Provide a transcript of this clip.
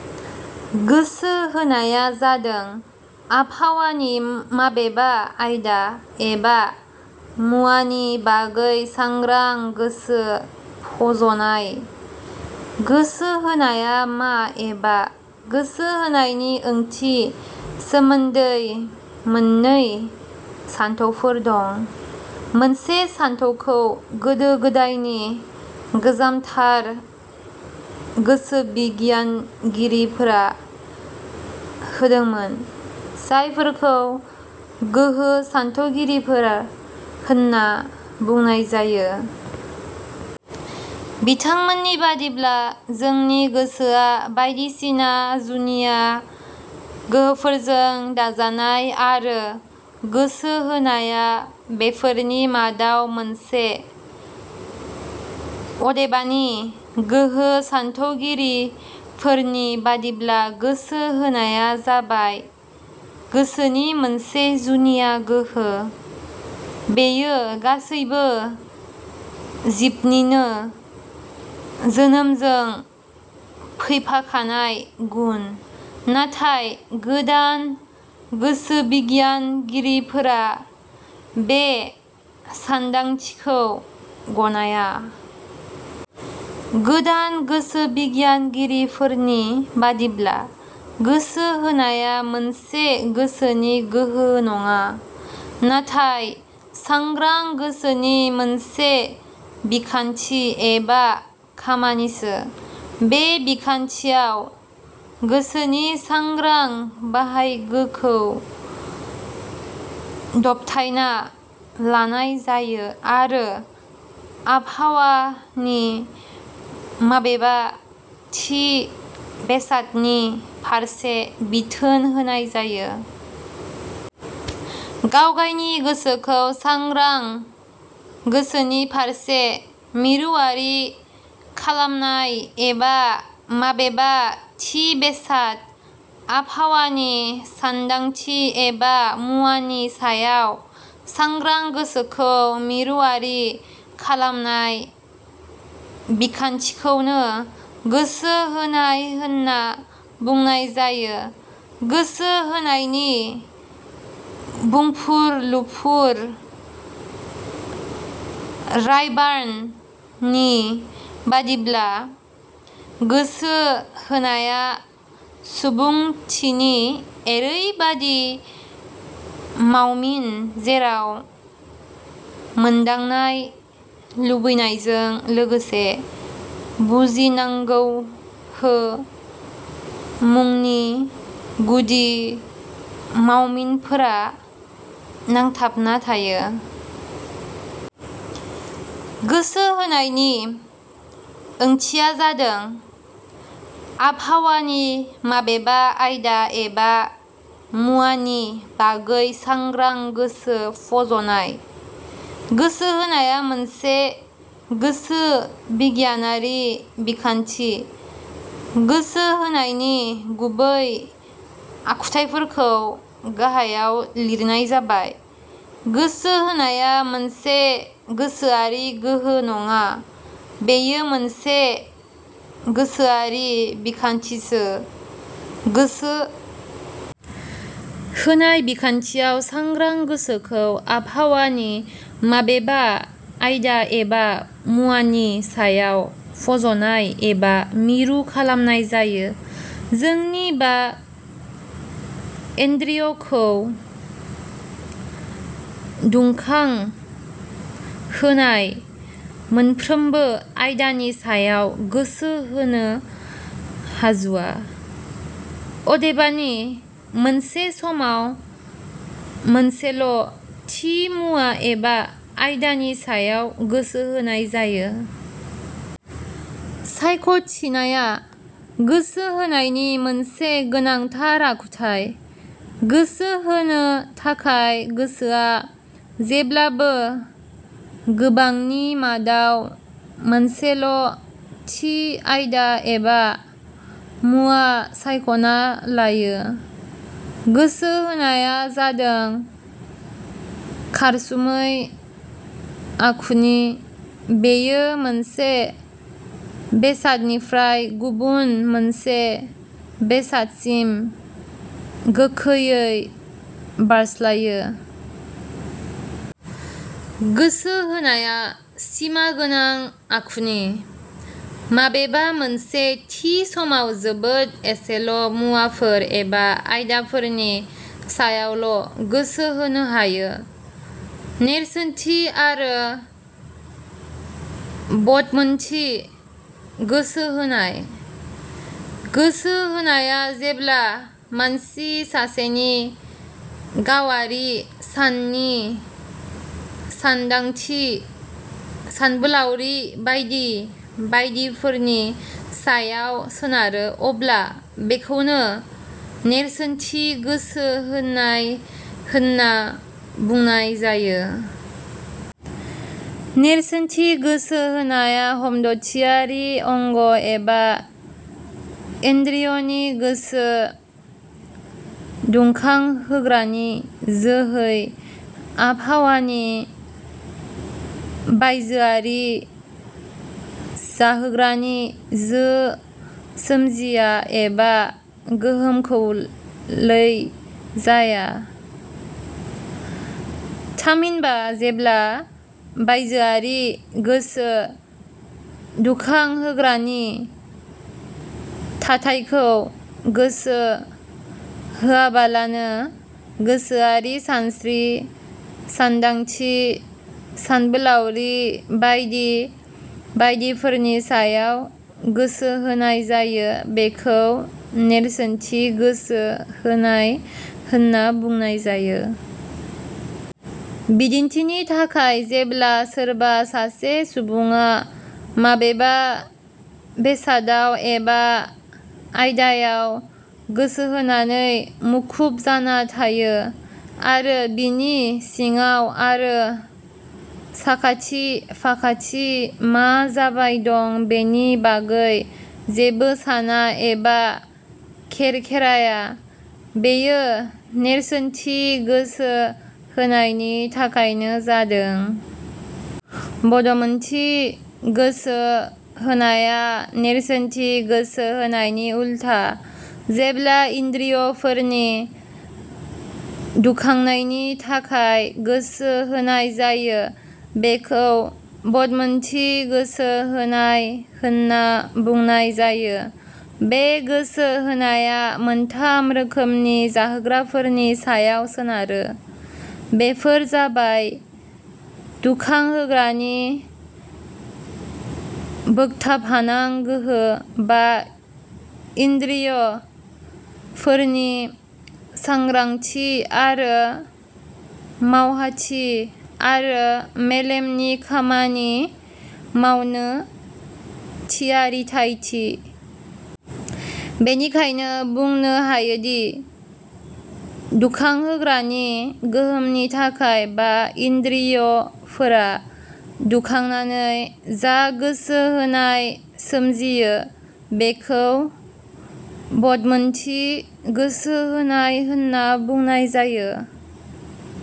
: गोसो होनाया जादों आबहावानि माबेबा आयदा एबा मुवानि बागै सांग्रां गोसो फज 'नाय। गोसो होनाया मा एबा गोसो होनायनि ओंथि सोमोन्दै मोननै सान्थौफोर दं। मोनसे सान्थौखौ गोदो-गोदायनि गोजामथार गोसोबिगियानगिरिफोरा होदोंमोन जायफोरखौ गोहो सान्थौगिरिफोर होनना बुंनाय जायो। बिथांमोननि बादिब्ला जोंनि गोसोआ बायदिसिना जुनिया गोहोफोरजों दाजानाय आरो गोसो होनाया बेफोरनि मादाव मोनसे। अदेबानि गोहो सान्थौगिरिफोरनि बादिब्ला गोसो होनाया जाबाय 'गोसोनि मोनसे जुनिया गोहो'। बेयो गासैबो जिबनिनो जोनोमजों फैफाखानाय गुन। नाथाय, गोदान गोसोबिगियानगिरिफोरा बे सान्दांथिखौ गनाया। गोदान गोसोबिगियानगिरिफोरनि बादिब्ला गोसो होनाया मोनसे गोसोनि गोहो नङा, नाथाय सांग्रां गोसोनि मोनसे बिखान्थि एबा खामानिसो। बे बिखान्थियाव गोसोनि सांग्रां बाहायगोखौ दबथायना लानाय जायो आरो आभावानि माबेबा थि बेसादनि फारसे बिथोन होनाय जायो। गावगायनि गोसोखौ सांग्रां गोसोनि फारसे मिरुवारि खालामनाय एबा माबेबा थि बेसाद, आभावानि सान्दांथि एबा मुवानि सायाव सांग्रां गोसोखौ मिरुवारि खालामनाय बिखान्थिखौनो गोसो होनाय होनना बुंनाय जायो। गोसो होनायनि बुंफुरलुफोरः रायबार्ण नि बादिब्ला, "गोसो होनाया सुबुंथिनि एरैबादि मावमिन जेराव मोनदांनाय, लुबैनायजों लोगोसे बुजिनांगौहो मुंनि गुदि मावमिनफोरा नांथाबना थायो। ": गोसो होनायनि ओंथिया जादों, आभावानि माबेबा आयदा एबा मुवानि बागै सांग्रां गोसो फज 'नाय। गोसो होनाया मोनसे गोसो-बिगियानारि बिखान्थि। गोसो होनायनि गुबै आखुथाइफोरखौ गाहायाव लिरनाय जाबायः. गोसो होनाया मोनसे गोसोआरि गोहो नङा, बेयो मोनसे गोसोआरि बिखान्थिसो।.गोसो होनाय बिखान्थियाव सांग्रां गोसोखौ आभावानि माबेबा आयदा एबा मुवानि सायाव फज'नाय एबा मिरु खालामनाय जायो।. जोंनि बा इन्द्रिय 'खौ दुंखां होनाय मोनफ्रोमबो आयदानि सायाव गोसो होनो हाजुवा। अदेबानि मोनसे समाव मोनसेल' थि मुवा एबा आयदानि सायाव गोसो होनाय जायो।. सायख'थिनाया गोसो होनायनि मोनसे गोनांथार आखुथाइ। गोसो होनो थाखाय गोसोआ जेब्लाबो गोबांनि मादाव मोनसेल' थि आयदा एबा मुवा सायख'ना लायो।. गोसो होनाया जादों खारसुमै आखुनि। बेयो मोनसे बेसादनिफ्राय गुबुन मोनसे बेसादसिम गोखैयै बारस्लायो।. गोसो होनाया सिमा गोनां आखुनि। माबेबा मोनसे थि समाव जोबोद एसेल' मुवाफोर एबा आयदाफोरनि सायावल' गोसो होनो हायो।: नेरसोनथि आरो बदमोनथि गोसो होनाय :-गोसो होनाया जेब्ला मानसि सासेनि गावारि साननि, सानदांथि, सानबोलाउरि बायदि बायदिफोरनि सायाव सोनारो अब्ला बेखौनो नोरसोनथि गोसो होनाय होनना बुंनाय जायो। नेरसोनथि गोसो होनाया हमदथियारि अंग एबा इन्द्रिय 'नि गोसो दुखांहोग्रानि जो है आभावानि बायजोआरि जाहोग्रानि जो सोमजिया एबा गोहोमखौलै जाया। थामहिनबा जेब्ला बायजोआरि गोसो दुखांहोग्रानि थाथाइखौ गोसो होआबालानो, गोसोआरि सानस्रि, सानदांथि, सानबोलाउरि बायदि बायदिफोरनि सायाव गोसो होनाय जायो बेखौ नेरसोनथि गोसो होनाय होनना बुंनाय जायो। बिदिन्थिनि थाखाय, जेब्ला सोरबा सासे सुबुङा माबेबा बेसादाव एबा आयदायाव गोसोहोनानै मुखुब जाना थायो आरो बिनि सिंआव आरो साखाथि- फाखाथि मा जाबाय दं, बेनि बागै जेबो साना एबा खेरखेराया, बेयो नेरसोनथि गोसो होनायनि थाखायनो जादों। बदमोनथि गोसो होनाया नेरसोनथि गोसो होनायनि उल्था। जेब्ला इन्द्रिय 'फोरनि दुखांनायनि थाखाय गोसो होनाय जायो, बेखौ बदमोनथि गोसो होनाय होनना बुंनाय जायो। बे गोसो होनाया मोनथाम रोखोमनि जाहोग्राफोरनि सायाव सोनारो। बेफोर जाबाय दुखांहोग्रानि बोगथाबहानां गोहो, बा इन्द्रिय 'फोरनि सांग्रांथि आरो मावहाथि आरो मेलेमनि खामानि मावनो थियारिथाइथि। बेनिखायनो बुंनो हायोदि दुखांहोग्रानि गोहोमनि थाखाय बा इन्द्रिय 'फोरा दुखांनानै जा गोसो होनाय सोमजियो बेखौ बदमोनथि गोसो होनाय होनना बुंनाय जायो।